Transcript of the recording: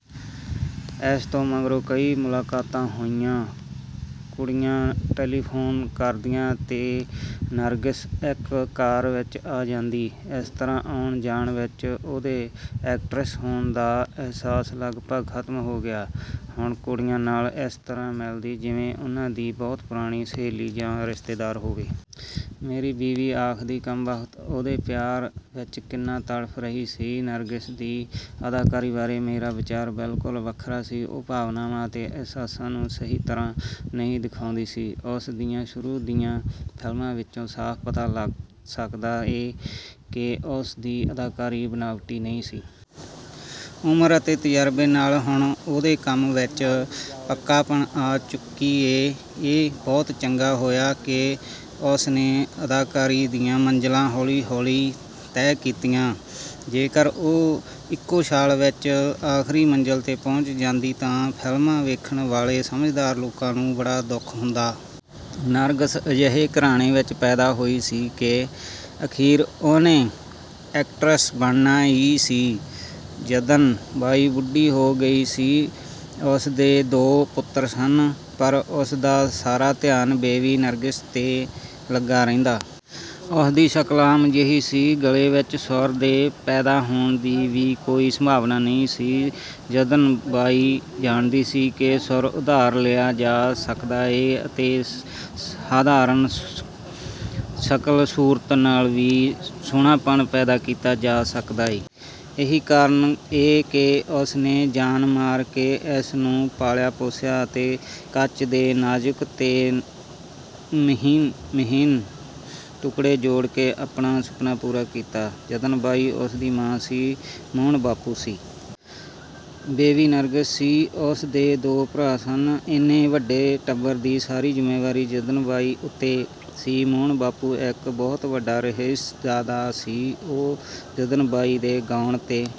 ਇਸ ਤੋਂ ਮਗਰੋਂ ਕਈ ਮੁਲਾਕਾਤਾਂ ਹੋਈਆਂ। ਕੁੜੀਆਂ ਟੈਲੀਫੋਨ ਕਰਦੀਆਂ ਤੇ ਨਰਗਿਸ ਇਕੱ ਕਾਰ ਵਿਚ ਆ ਜਾਂਦੀ। ਇਸ ਤਰ੍ਹਾਂ ਆਉਣ ਜਾਣ ਵਿਚ ਉਹਦੇ ਐਕਟਰਸ ਹੋਣ ਦਾ ਅਹਿਸਾਸ ਲਗਭਗ ਖ਼ਤਮ ਹੋ ਗਿਆ। ਹੁਨ ਕੁੜੀਆਂ ਨਾਲ ਇਸ ਤਰ੍ਹਾਂ ਮਿਲਦੀ ਜਿਵੇਂ ਉਨ੍ਹਾਂ ਦੀ ਬਹੁਤ ਪੁਰਾਣੀ ਸਹੇਲੀ ਜਾਂ ਰਿਸ਼ਤੇਦਾਰ ਹੋਵੇ। ਮੇਰੀ ਬੀਵੀ ਆਖਦੀ, "ਕਮਬਖ਼ਤ ਉਹਦੇ ਪਿਆਰ ਵਿਚ ਕਿੰਨਾ ਤੜਫ ਰਹੀ ਸੀ।" ਨਰਗਿਸ ਦੀ ਅਦਾਕਾਰੀ ਬਾਰੇ ਮੇਰਾ ਵਿਚਾਰ ਬਿਲਕੁਲ ਵੱਖਰਾ ਸੀ। ਉਹ ਭਾਵਨਾਵਾਂ ਅਤੇ ਅਹਿਸਾਸਾਂ ਨੂੰ ਸਹੀ ਤਰ੍ਹਾਂ ਨਹੀਂ ਦਿਖਾਉਂਦੀ ਸੀ। ਉਸ ਦੀਆਂ ਸ਼ੁਰੂ ਦੀਆਂ ਫਿਲਮਾਂ ਵਿਚੋਂ ਸਾਫ ਪਤਾ ਲੱਗ ਸਕਦਾ ਏ ਕਿ ਉਸ ਦੀ ਅਦਾਕਾਰੀ ਬਣਾਵਟੀ ਨਹੀਂ ਸੀ। ਉਮਰ ਅਤੇ ਤਜ਼ਰਬੇ ਨਾਲ ਹੁਣ ਉਹਦੇ ਕੰਮ ਵਿਚ ਪੱਕਾਪਣ ਆ ਚੁੱਕੀ ਏ। ਇਹ ਬਹੁਤ ਚੰਗਾ ਹੋਇਆ ਕਿ ਉਸ ਨੇ ਅਦਾਕਾਰੀ ਦੀਆਂ ਮੰਜ਼ਲਾਂ ਹੌਲੀ ਹੌਲੀ ਤੈਅ ਕੀਤੀਆਂ। ਜੇਕਰ ਉਹ ਇਕੋ ਛਾਲ ਵਿਚ ਆਖ਼ਰੀ ਮੰਜ਼ਲ ਤੇ ਪੁੱਜ ਜਾਂਦੀ ਤਾਂ ਫਿਲਮਾਂ ਵੇਖਣ ਵਾਲੇ ਸਮਝਦਾਰ ਲੋਕਾਂ ਨੂੰ ਬੜਾ ਦੁੱਖ ਹੁੰਦਾ। ਨਰਗਿਸ ਅਜਿਹੇ ਘਰਾਣੇ ਵਿਚ ਪੈਦਾ ਹੋਈ ਸੀ ਕਿ ਅਖੀਰ ਉਹਨੇ ਐਕਟਰਸ ਬਣਨਾ ਈ ਸੀ। ਜੱਦਨ ਬਾਈ ਬੁੱਢੀ ਹੋ ਰਹੀ ਸੀ। ਉਸ ਦੇ ਦੋ ਪੁੱਤਰ ਸਨ। ਪਰ ਉਸ ਦਾ ਸਾਰਾ ਧਿਆਨ ਬੇਬੀ ਨਰਗਿਸ ਤੇ ਲੱਗਾ ਰਹਿੰਦਾ। ਉਸ ਦੀ ਸ਼ਕਲ ਆਮ ਜਿਹੀ ਸੀ। ਗਲੇ ਵਿਚ ਸੁਰ ਦੇ ਪੈਦਾ ਹੋਣ ਦੀ ਵੀ ਕੋਈ ਸੰਭਾਵਨਾ ਨਹੀਂ ਸੀ। ਜੱਦਨ ਬਾਈ ਜਾਣਦੀ ਸੀ ਕਿ ਸੁਰ ਉਧਾਰ ਲਿਆ ਜਾ ਸਕਦਾ ਏ ਅਤੇ ਸਾਧਾਰਣ ਸ਼ਕਲ ਸੂਰਤ ਨਾਲ ਵੀ ਸੋਹਣਾਪਣ ਪੈਦਾ ਕੀਤਾ ਜਾ ਸਕਦਾ ਏ। ਇਹੀ ਕਾਰਨ ਏ ਕਿ ਉਸ ਨੇ ਜਾਨ ਮਾਰ ਕੇ ਇਸ ਨੂੰ ਪਾਲਿਆ ਪੋਸਿਆ ਅਤੇ ਕੱਚ ਦੇ ਨਾਜ਼ੁਕ ਤੇ ਮਹੀਨ ਮਹੀਨ ਟੁਕੜੇ ਜੋੜ ਕੇ ਆਪਣਾ ਸੁਪਨਾ ਪੂਰਾ ਕੀਤਾ। ਜੱਦਨ ਬਾਈ ਉਸਦੀ ਮਾਂ ਸੀ। ਮੋਹਨ ਬਾਬੂ ਸੀ। ਬੇਬੀ ਨਰਗਿਸ ਸੀ। ਉਸ ਦੇ ਦੋ ਭਰਾ ਸਨ। ਇੰਨੇ ਵੱਡੇ ਟੱਬਰ ਦੀ ਸਾਰੀ ਜ਼ਿੰਮੇਵਾਰੀ ਜੱਦਨ ਬਾਈ ਉਤੇ ਸੀ। ਮੋਹਨ ਬਾਬੂ ਇਕ ਬਹੁਤ ਵੱਡਾ ਰਈਸਜ਼ਾਦਾ ਸੀ। ਉਹ ਜੱਦਨ ਬਾਈ ਦੇ ਗਾਉਣ ਤੇ